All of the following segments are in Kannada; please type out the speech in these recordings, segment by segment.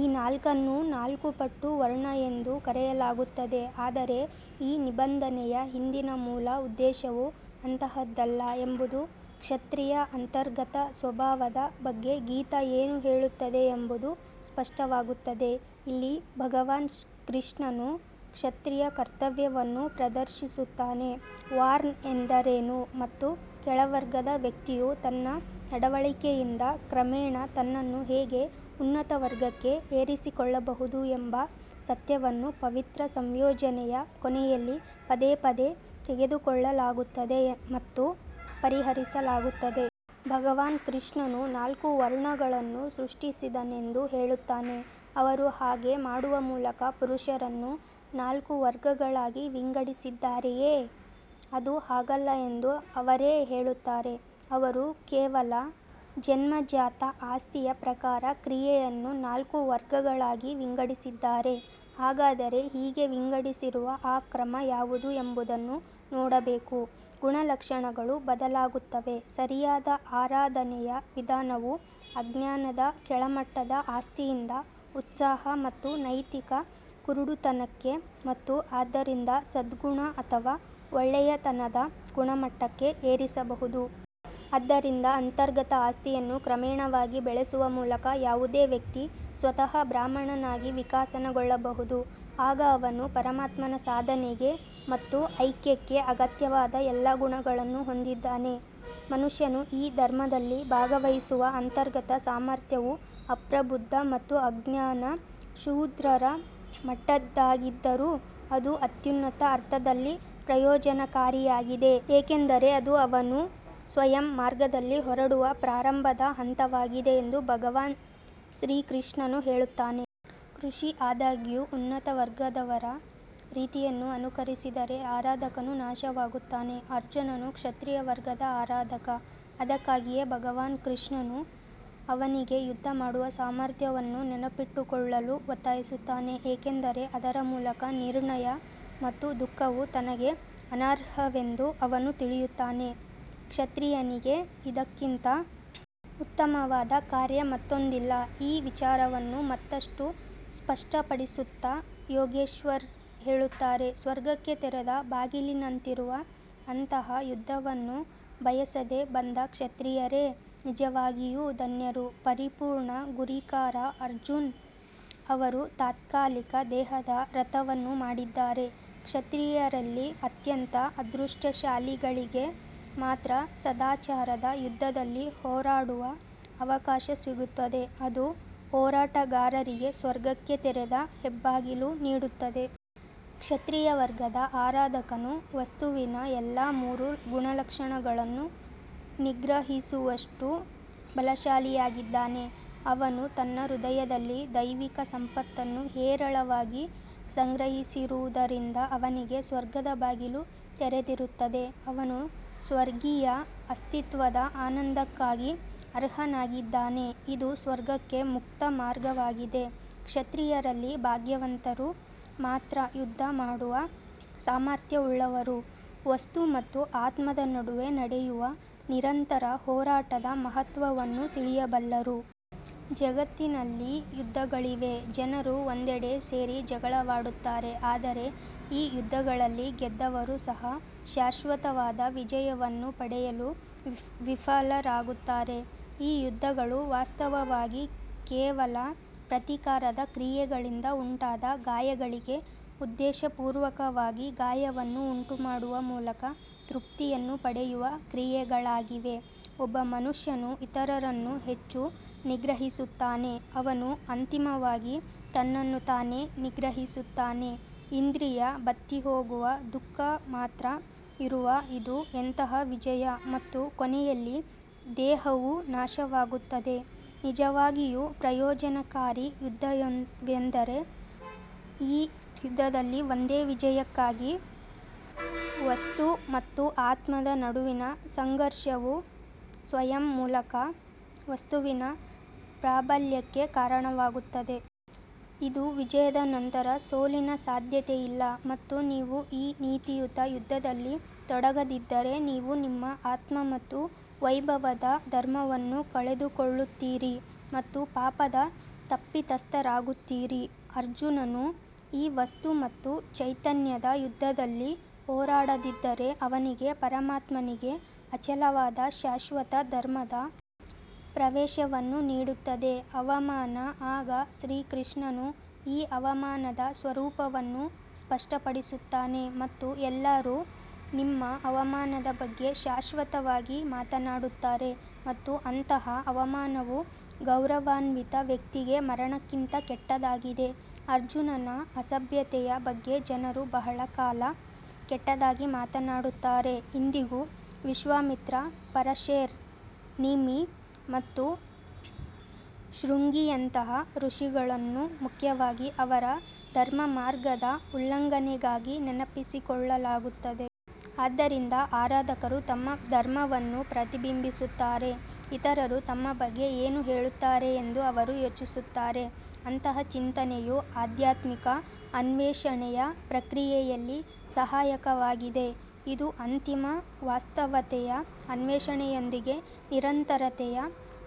ಈ ನಾಲ್ಕನ್ನು ನಾಲ್ಕು ಪಟ್ಟು ವರ್ಣ ಎಂದು ಕರೆಯಲಾಗುತ್ತದೆ ಆದರೆ ಈ ನಿಬಂಧನೆಯ ಹಿಂದಿನ ಮೂಲ ಉದ್ದೇಶವು ಅಂತಹದ್ದಲ್ಲ ಎಂಬುದು ಕ್ಷತ್ರಿಯ ಅಂತರ್ಗತ ಸ್ವಭಾವದ ಬಗ್ಗೆ ಗೀತಾ ಏನು ಹೇಳುತ್ತದೆ ಎಂಬುದು ಸ್ಪಷ್ಟವಾಗುತ್ತದೆ. ಇಲ್ಲಿ ಭಗವಾನ್ ಕೃಷ್ಣನು ಕ್ಷತ್ರಿಯ ಕರ್ತವ್ಯವನ್ನು ಪ್ರದರ್ಶಿಸುತ್ತಾನೆ ವಾರ್ನ್ ಎಂದರೇನು ಮತ್ತು ಕೆಳವರ್ಗದ ವ್ಯಕ್ತಿಯು ತನ್ನ ನಡವಳಿಕೆಯಿಂದ ಕ್ರಮೇಣ ತನ್ನನ್ನು ಹೇಗೆ ಉನ್ನತ ವರ್ಗಕ್ಕೆ ಏರಿಸಿಕೊಳ್ಳಬಹುದು ಎಂಬ ಸಮಸ್ಯೆಯನ್ನು ಪವಿತ್ರ ಸಂಯೋಜನೆಯ ಕೊನೆಯಲ್ಲಿ ಪದೇ ಪದೇ ತೆಗೆದುಕೊಳ್ಳಲಾಗುತ್ತದೆ ಮತ್ತು ಪರಿಹರಿಸಲಾಗುತ್ತದೆ. ಭಗವಾನ್ ಕೃಷ್ಣನು ನಾಲ್ಕು ವರ್ಣಗಳನ್ನು ಸೃಷ್ಟಿಸಿದನೆಂದು ಹೇಳುತ್ತಾನೆ ಅವರು ಹಾಗೆ ಮಾಡುವ ಮೂಲಕ ಪುರುಷರನ್ನು ನಾಲ್ಕು ವರ್ಗಗಳಾಗಿ ವಿಂಗಡಿಸಿದ್ದಾರೆಯೇ? ಅದು ಹಾಗಲ್ಲ ಎಂದು ಅವರೇ ಹೇಳುತ್ತಾರೆ, ಅವರು ಕೇವಲ ಜನ್ಮಜಾತ ಆಸ್ತಿಯ ಪ್ರಕಾರ ಕ್ರಿಯೆಯನ್ನು ನಾಲ್ಕು ವರ್ಗಗಳಾಗಿ ವಿಂಗಡಿಸಿದ್ದಾರೆ ಹಾಗಾದರೆ ಹೀಗೆ ವಿಂಗಡಿಸಿರುವ ಆ ಕ್ರಮ ಯಾವುದು ಎಂಬುದನ್ನು ನೋಡಬೇಕು ಗುಣಲಕ್ಷಣಗಳು ಬದಲಾಗುತ್ತವೆ ಸರಿಯಾದ ಆರಾಧನೆಯ ವಿಧಾನವು ಅಜ್ಞಾನದ ಕೆಳಮಟ್ಟದ ಆಸ್ತಿಯಿಂದ ಉತ್ಸಾಹ ಮತ್ತು ನೈತಿಕ ಕುರುಡುತನಕ್ಕೆ ಮತ್ತು ಆದ್ದರಿಂದ ಸದ್ಗುಣ ಅಥವಾ ಒಳ್ಳೆಯತನದ ಗುಣಮಟ್ಟಕ್ಕೆ ಏರಿಸಬಹುದು. ಆದ್ದರಿಂದ ಅಂತರ್ಗತ ಆಸ್ತಿಯನ್ನು ಕ್ರಮೇಣವಾಗಿ ಬೆಳೆಸುವ ಮೂಲಕ ಯಾವುದೇ ವ್ಯಕ್ತಿ ಸ್ವತಃ ಬ್ರಾಹ್ಮಣನಾಗಿ ವಿಕಸನಗೊಳ್ಳಬಹುದು ಆಗ ಅವನು ಪರಮಾತ್ಮನ ಸಾಧನೆಗೆ ಮತ್ತು ಐಕ್ಯಕ್ಕೆ ಅಗತ್ಯವಾದ ಎಲ್ಲಾ ಗುಣಗಳನ್ನು ಹೊಂದಿದ್ದಾನೆ ಮನುಷ್ಯನು ಈ ಧರ್ಮದಲ್ಲಿ ಭಾಗವಹಿಸುವ ಅಂತರ್ಗತ ಸಾಮರ್ಥ್ಯವು ಅಪ್ರಬುದ್ಧ ಮತ್ತು ಅಜ್ಞಾನ ಶೂದ್ರರ ಮಟ್ಟದ್ದಾಗಿದ್ದರೂ ಅದು ಅತ್ಯುನ್ನತ ಅರ್ಥದಲ್ಲಿ ಪ್ರಯೋಜನಕಾರಿಯಾಗಿದೆ ಏಕೆಂದರೆ ಅದು ಅವನು ಸ್ವಯಂ ಮಾರ್ಗದಲ್ಲಿ ಹೊರಡುವ ಪ್ರಾರಂಭದ ಹಂತವಾಗಿದೆ ಎಂದು ಭಗವಾನ್ ಶ್ರೀಕೃಷ್ಣನು ಹೇಳುತ್ತಾನೆ. ಕೃಷಿ ಆದಾಗ್ಯೂ ಉನ್ನತ ವರ್ಗದವರ ರೀತಿಯನ್ನು ಅನುಕರಿಸಿದರೆ ಆರಾಧಕನು ನಾಶವಾಗುತ್ತಾನೆ ಅರ್ಜುನನು ಕ್ಷತ್ರಿಯ ವರ್ಗದ ಆರಾಧಕ ಅದಕ್ಕಾಗಿಯೇ ಭಗವಾನ್ ಕೃಷ್ಣನು ಅವನಿಗೆ ಯುದ್ಧ ಮಾಡುವ ಸಾಮರ್ಥ್ಯವನ್ನು ನೆನಪಿಟ್ಟುಕೊಳ್ಳಲು ಒತ್ತಾಯಿಸುತ್ತಾನೆ ಏಕೆಂದರೆ ಅದರ ಮೂಲಕ ನಿರ್ಣಯ ಮತ್ತು ದುಃಖವು ತನಗೆ ಅನರ್ಹವೆಂದು ಅವನು ತಿಳಿಯುತ್ತಾನೆ. ಕ್ಷತ್ರಿಯನಿಗೆ ಇದಕ್ಕಿಂತ ಉತ್ತಮವಾದ ಕಾರ್ಯ ಮತ್ತೊಂದಿಲ್ಲ ಈ ವಿಚಾರವನ್ನು ಮತ್ತಷ್ಟು ಸ್ಪಷ್ಟಪಡಿಸುತ್ತಾ ಯೋಗೇಶ್ವರ್ ಹೇಳುತ್ತಾರೆ ಸ್ವರ್ಗಕ್ಕೆ ತೆರೆದ ಬಾಗಿಲಿನಂತಿರುವ ಅಂತಹ ಯುದ್ಧವನ್ನು ಬಯಸದೆ ಬಂದ ಕ್ಷತ್ರಿಯರೇ ನಿಜವಾಗಿಯೂ ಧನ್ಯರು ಪರಿಪೂರ್ಣ ಗುರಿಕಾರ ಅರ್ಜುನ್ ಅವರು ತಾತ್ಕಾಲಿಕ ದೇಹದ ರಥವನ್ನು ಮಾಡಿದ್ದಾರೆ ಕ್ಷತ್ರಿಯರಲ್ಲಿ ಅತ್ಯಂತ ಅದೃಷ್ಟಶಾಲಿಗಳಿಗೆ ಮಾತ್ರ ಸದಾಚಾರದ ಯುದ್ಧದಲ್ಲಿ ಹೋರಾಡುವ ಅವಕಾಶ ಸಿಗುತ್ತದೆ, ಅದು ಹೋರಾಟಗಾರರಿಗೆ ಸ್ವರ್ಗಕ್ಕೆ ತೆರೆದ ಹೆಬ್ಬಾಗಿಲು ನೀಡುತ್ತದೆ. ಕ್ಷತ್ರಿಯ ವರ್ಗದ ಆರಾಧಕನು ವಸ್ತುವಿನ ಎಲ್ಲಾ ಮೂರು ಗುಣಲಕ್ಷಣಗಳನ್ನು ನಿಗ್ರಹಿಸುವಷ್ಟು ಬಲಶಾಲಿಯಾಗಿದ್ದಾನೆ ಅವನು ತನ್ನ ಹೃದಯದಲ್ಲಿ ದೈವಿಕ ಸಂಪತ್ತನ್ನು ಹೇರಳವಾಗಿ ಸಂಗ್ರಹಿಸಿರುವುದರಿಂದ ಅವನಿಗೆ ಸ್ವರ್ಗದ ಬಾಗಿಲು ತೆರೆದಿರುತ್ತದೆ ಅವನು ಸ್ವರ್ಗೀಯ ಅಸ್ತಿತ್ವದ ಆನಂದಕ್ಕಾಗಿ ಅರ್ಹನಾಗಿದ್ದಾನೆ ಇದು ಸ್ವರ್ಗಕ್ಕೆ ಮುಕ್ತ ಮಾರ್ಗವಾಗಿದೆ ಕ್ಷತ್ರಿಯರಲ್ಲಿ ಭಾಗ್ಯವಂತರು ಮಾತ್ರ ಯುದ್ಧ ಮಾಡುವ ಸಾಮರ್ಥ್ಯವುಳ್ಳವರು ವಸ್ತು ಮತ್ತು ಆತ್ಮದ ನಡುವೆ ನಡೆಯುವ ನಿರಂತರ ಹೋರಾಟದ ಮಹತ್ವವನ್ನು ತಿಳಿಯಬಲ್ಲರು. ಜಗತ್ತಿನಲ್ಲಿ ಯುದ್ಧಗಳಿವೆ ಜನರು ಒಂದೆಡೆ ಸೇರಿ ಜಗಳವಾಡುತ್ತಾರೆ ಆದರೆ ಈ ಯುದ್ಧಗಳಲ್ಲಿ ಗೆದ್ದವರು ಸಹ ಶಾಶ್ವತವಾದ ವಿಜಯವನ್ನು ಪಡೆಯಲು ವಿಫಲರಾಗುತ್ತಾರೆ ಈ ಯುದ್ಧಗಳು ವಾಸ್ತವವಾಗಿ ಕೇವಲ ಪ್ರತೀಕಾರದ ಕ್ರಿಯೆಗಳಿಂದ ಉಂಟಾದ ಗಾಯಗಳಿಗೆ ಉದ್ದೇಶಪೂರ್ವಕವಾಗಿ ಗಾಯವನ್ನು ಉಂಟುಮಾಡುವ ಮೂಲಕ ತೃಪ್ತಿಯನ್ನು ಪಡೆಯುವ ಕ್ರಿಯೆಗಳಾಗಿವೆ. ಒಬ್ಬ ಮನುಷ್ಯನು ಇತರರನ್ನು ಹೆಚ್ಚು ನಿಗ್ರಹಿಸುತ್ತಾನೆ, ಅವನು ಅಂತಿಮವಾಗಿ ತನ್ನನ್ನು ತಾನೇ ನಿಗ್ರಹಿಸುತ್ತಾನೆ ಇಂದ್ರಿಯ ಬತ್ತಿಹೋಗುವ ದುಃಖ ಮಾತ್ರ ಇರುವ ಇದು ಎಂತಹ ವಿಜಯ ಮತ್ತು ಕೊನೆಯಲ್ಲಿ ದೇಹವೂ ನಾಶವಾಗುತ್ತದೆ ನಿಜವಾಗಿಯೂ ಪ್ರಯೋಜನಕಾರಿ ಯುದ್ಧವೆಂದರೆ ಈ ಯುದ್ಧದಲ್ಲಿ ಒಂದೇ ವಿಜಯಕ್ಕಾಗಿ ವಸ್ತು ಮತ್ತು ಆತ್ಮದ ನಡುವಿನ ಸಂಘರ್ಷವು ಸ್ವಯಂ ಮೂಲಕ ವಸ್ತುವಿನ ಪ್ರಾಬಲ್ಯಕ್ಕೆ ಕಾರಣವಾಗುತ್ತದೆ. ಇದು ವಿಜಯದ ನಂತರ ಸೋಲಿನ ಸಾಧ್ಯತೆಯಿಲ್ಲ ಮತ್ತು ನೀವು ಈ ನೀತಿಯುತ ಯುದ್ಧದಲ್ಲಿ ತೊಡಗದಿದ್ದರೆ ನೀವು ನಿಮ್ಮ ಆತ್ಮ ಮತ್ತು ವೈಭವದ ಧರ್ಮವನ್ನು ಕಳೆದುಕೊಳ್ಳುತ್ತೀರಿ ಮತ್ತು ಪಾಪದ ತಪ್ಪಿತಸ್ಥರಾಗುತ್ತೀರಿ. ಅರ್ಜುನನು ಈ ವಸ್ತು ಮತ್ತು ಚೈತನ್ಯದ ಯುದ್ಧದಲ್ಲಿ ಹೋರಾಡದಿದ್ದರೆ, ಅವನಿಗೆ ಪರಮಾತ್ಮನಿಗೆ ಅಚಲವಾದ ಶಾಶ್ವತ ಧರ್ಮದ ಪ್ರವೇಶವನ್ನು ನೀಡುತ್ತದೆ ಅವಮಾನ ಆಗ ಶ್ರೀಕೃಷ್ಣನು ಈ ಅವಮಾನದ ಸ್ವರೂಪವನ್ನು ಸ್ಪಷ್ಟಪಡಿಸುತ್ತಾನೆ ಮತ್ತು ಎಲ್ಲರೂ ನಿಮ್ಮ ಅವಮಾನದ ಬಗ್ಗೆ ಶಾಶ್ವತವಾಗಿ ಮಾತನಾಡುತ್ತಾರೆ ಮತ್ತು ಅಂತಹ ಅವಮಾನವು ಗೌರವಾನ್ವಿತ ವ್ಯಕ್ತಿಗೆ ಮರಣಕ್ಕಿಂತ ಕೆಟ್ಟದಾಗಿದೆ ಅರ್ಜುನನ ಅಸಭ್ಯತೆಯ ಬಗ್ಗೆ ಜನರು ಬಹಳ ಕಾಲ ಕೆಟ್ಟದಾಗಿ ಮಾತನಾಡುತ್ತಾರೆ ಇಂದಿಗೂ ವಿಶ್ವಾಮಿತ್ರ ಪರಶೇರ್ ನಿಮಿ ಮತ್ತು ಶೃಂಗಿಯಂತಹ ಋಷಿಗಳನ್ನು ಮುಖ್ಯವಾಗಿ ಅವರ ಧರ್ಮಮಾರ್ಗದ ಉಲ್ಲಂಘನೆಗಾಗಿ ನೆನಪಿಸಿಕೊಳ್ಳಲಾಗುತ್ತದೆ. ಆದ್ದರಿಂದ ಆರಾಧಕರು ತಮ್ಮ ಧರ್ಮವನ್ನು ಪ್ರತಿಬಿಂಬಿಸುತ್ತಾರೆ ಇತರರು ತಮ್ಮ ಬಗ್ಗೆ ಏನು ಹೇಳುತ್ತಾರೆಂದು ಅವರು ಯೋಚಿಸುತ್ತಾರೆ ಅಂತಹ ಚಿಂತನೆಯು ಆಧ್ಯಾತ್ಮಿಕ ಅನ್ವೇಷಣೆಯ ಪ್ರಕ್ರಿಯೆಯಲ್ಲಿ ಸಹಾಯಕವಾಗಿದೆ ಇದು ಅಂತಿಮ ವಾಸ್ತವತೆಯ ಅನ್ವೇಷಣೆಯೊಂದಿಗೆ ನಿರಂತರತೆಯ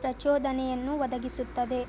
ಪ್ರಚೋದನೆಯನ್ನು ಒದಗಿಸುತ್ತದೆ.